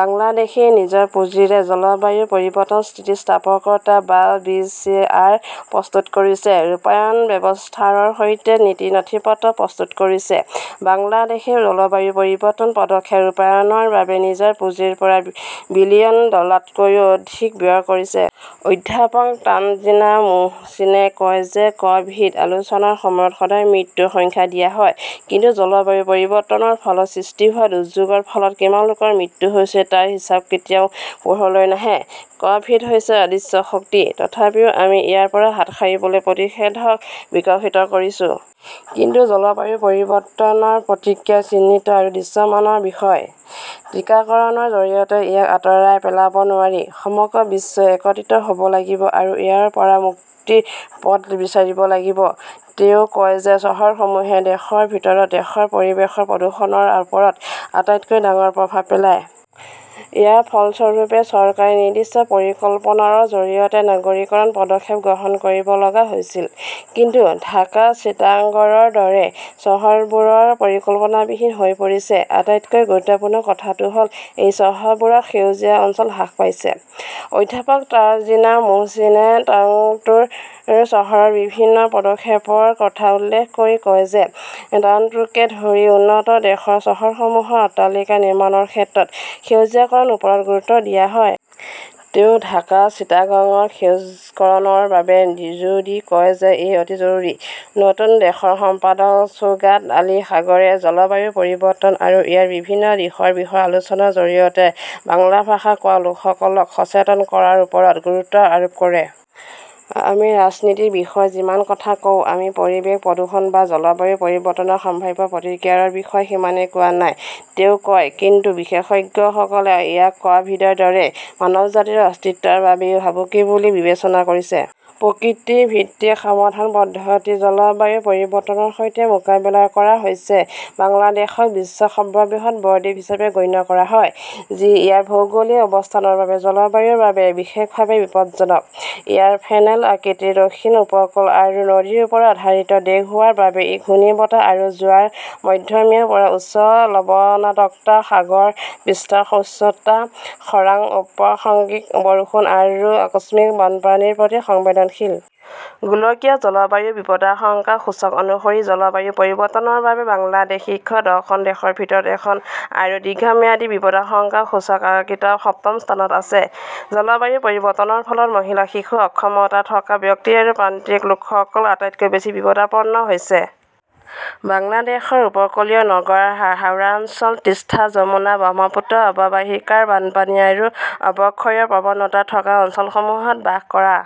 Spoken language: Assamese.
বাংলাদেশই নিজৰ পুঁজিৰে জলবায়ু পৰিৱৰ্তন স্থিতিস্থাপকতা বা বি. চি. আৰ. প্ৰস্তুত কৰিছে, ৰূপায়ণ ব্যৱস্থাৰ সৈতে নীতি নথিপত্ৰ প্ৰস্তুত কৰিছে। বাংলাদেশই জলবায়ু পৰিৱৰ্তন পদক্ষেপ ৰূপায়ণৰ বাবে নিজৰ পুঁজিৰ পৰা বিলিয়ন ডলাৰতকৈও অধিক ব্যয় কৰিছে। অধ্যাপক তানজিনা মোহচিনে কয় যে ক "ভিড আলোচনাৰ সময়ত সদায় মৃত্যুৰ সংখ্যা দিয়া হয়। কিন্তু জলবায়ু পৰিৱৰ্তনৰ ফলত সৃষ্টি হোৱা দুৰ্যোগৰ ফলত কিমান লোকৰ মৃত্যু হৈছে তাৰ হিচাপ কেতিয়াও পোহৰলৈ নাহে। ক "ভিড হৈছে অদৃশ্য শক্তি, তথাপিও আমি ইয়াৰ পৰা হাত সাৰিবলৈ প্ৰতিষেধক বিকশিত কৰিছো। কিন্তু জলবায়ু পৰিৱৰ্তনৰ প্ৰতিক্ৰিয়া চিহ্নিত আৰু দৃশ্যমান বিষয়। টিকাকৰণৰ জৰিয়তে ইয়াক আঁতৰাই পেলাব নোৱাৰি। সমগ্ৰ বিশ্বই একত্ৰিত হ "ব লাগিব আৰু ইয়াৰ পৰা মুক্তিৰ পথ বিচাৰিব লাগিব। তেওঁ কয় যে চহৰসমূহে দেশৰ ভিতৰত দেশৰ পৰিৱেশৰ প্ৰদূষণৰ ওপৰত আটাইতকৈ ডাঙৰ প্ৰভাৱ পেলায়। ইয়াৰ ফলস্বৰূপে চৰকাৰে নিৰ্দিষ্ট পৰিকল্পনাৰ জৰিয়তে নগৰীকৰণৰ পদক্ষেপ গ্ৰহণ কৰিব লগা হৈছিল। কিন্তু ঢাকা চিটাগংৰ দৰে চহৰবোৰ পৰিকল্পনাবিহীন হৈ পৰিছে। আটাইতকৈ গুৰুত্বপূৰ্ণ কথাটো হ "ল, এই চহৰবোৰত সেউজীয়া অঞ্চল হ্ৰাস পাইছে। অধ্যাপক তানজিনা মোহচিনে টৰন্টো চহৰৰ বিভিন্ন পদক্ষেপৰ কথা উল্লেখ কৰি কয় যে টৰন্টোকে ধৰি উন্নত দেশৰ চহৰসমূহত অট্টালিকা নিৰ্মাণৰ ক্ষেত্ৰত সেউজীকৰণৰ ওপৰত গুৰুত্ব দিয়া হয়। তেওঁ ঢাকা চিটাগঙত সেউজকৰণৰ বাবে জোৰ দি কয় যে ই অতি জৰুৰী। নতুন দেশৰ সম্পাদক শ্বোগাট আলী সাগৰে জলবায়ু পৰিৱৰ্তন আৰু ইয়াৰ বিভিন্ন দিশৰ বিষয়ে আলোচনাৰ জৰিয়তে বাংলা ভাষা কোৱা লোকসকলক সচেতন কৰাৰ ওপৰত গুৰুত্ব আৰোপ কৰে। "আমি ৰাজনীতিৰ বিষয়ে যিমান কথা কওঁ, আমি পৰিৱেশ প্ৰদূষণ বা জলবায়ু পৰিৱৰ্তনৰ সম্ভাৱ্য প্ৰতিক্ৰিয়াৰ বিষয়ে সিমানেই কোৱা নাই", তেওঁ কয়। কিন্তু বিশেষজ্ঞসকলে ইয়াক ক "ভিডৰ দৰে মানৱজাতিৰ অস্তিত্বৰ বাবেও ভাবুকি বুলি বিবেচনা কৰিছে। প্ৰকৃতিভিত্তিক সমাধান পদ্ধতিত জলবায়ু পৰিৱৰ্তনৰ সৈতে মোকাবিলা কৰা হৈছেবাংলাদেশক বিশ্বৰ সৰ্ববৃহৎ ব-দ্বীপ হিচাপে গণ্য কৰা হয়, যি ইয়াৰ ভৌগোলিক অৱস্থানৰ বাবে জলবায়ুৰ বাবে বিশেষভাৱে বিপদজনক। ইয়াৰ ফেনেল-আকৃতিৰ দক্ষিণ উপকূল আৰু নদীৰ ওপৰত আধাৰিত দেশ হোৱাৰ বাবে ই ঘূৰ্ণীবতাহ আৰু জোৱাৰ, মধ্যমীয়াৰ পৰা উচ্চ লবণাক্ততা, সাগৰ পৃষ্ঠৰ উচ্চতা, খৰাং, অপ্ৰাসংগিক বৰষুণ আৰু আকস্মিক বানপানীৰ প্ৰতি সংবেদনশীল। গোলকীয় জলবায়ু বিপদাশংকা সূচক অনুসৰি, জলবায়ু পৰিৱৰ্তনৰ বাবে বাংলাদেশ শীৰ্ষ দহখন দেশৰ ভিতৰত এখন আৰু দীৰ্ঘম্যাদী বিপদাশংকা সূচকাংকত সপ্তম স্থানত আছে। জলবায়ু পৰিৱৰ্তনৰ ফলত মহিলা, শিশু, অক্ষমতা থকা ব্যক্তি আৰু প্ৰান্তিক লোকসকল আটাইতকৈ বেছি বিপদাপন্ন হৈছে। বাংলাদেশৰ উপকূলীয় নগৰ, হাওৰাঞ্চল, তিষ্টা-যমুনা-ব্ৰহ্মপুত্ৰ অৱবাহিকাৰ বানপানী আৰু অৱক্ষয়ৰ প্ৰৱণতা থকা অঞ্চলসমূহত বাস কৰা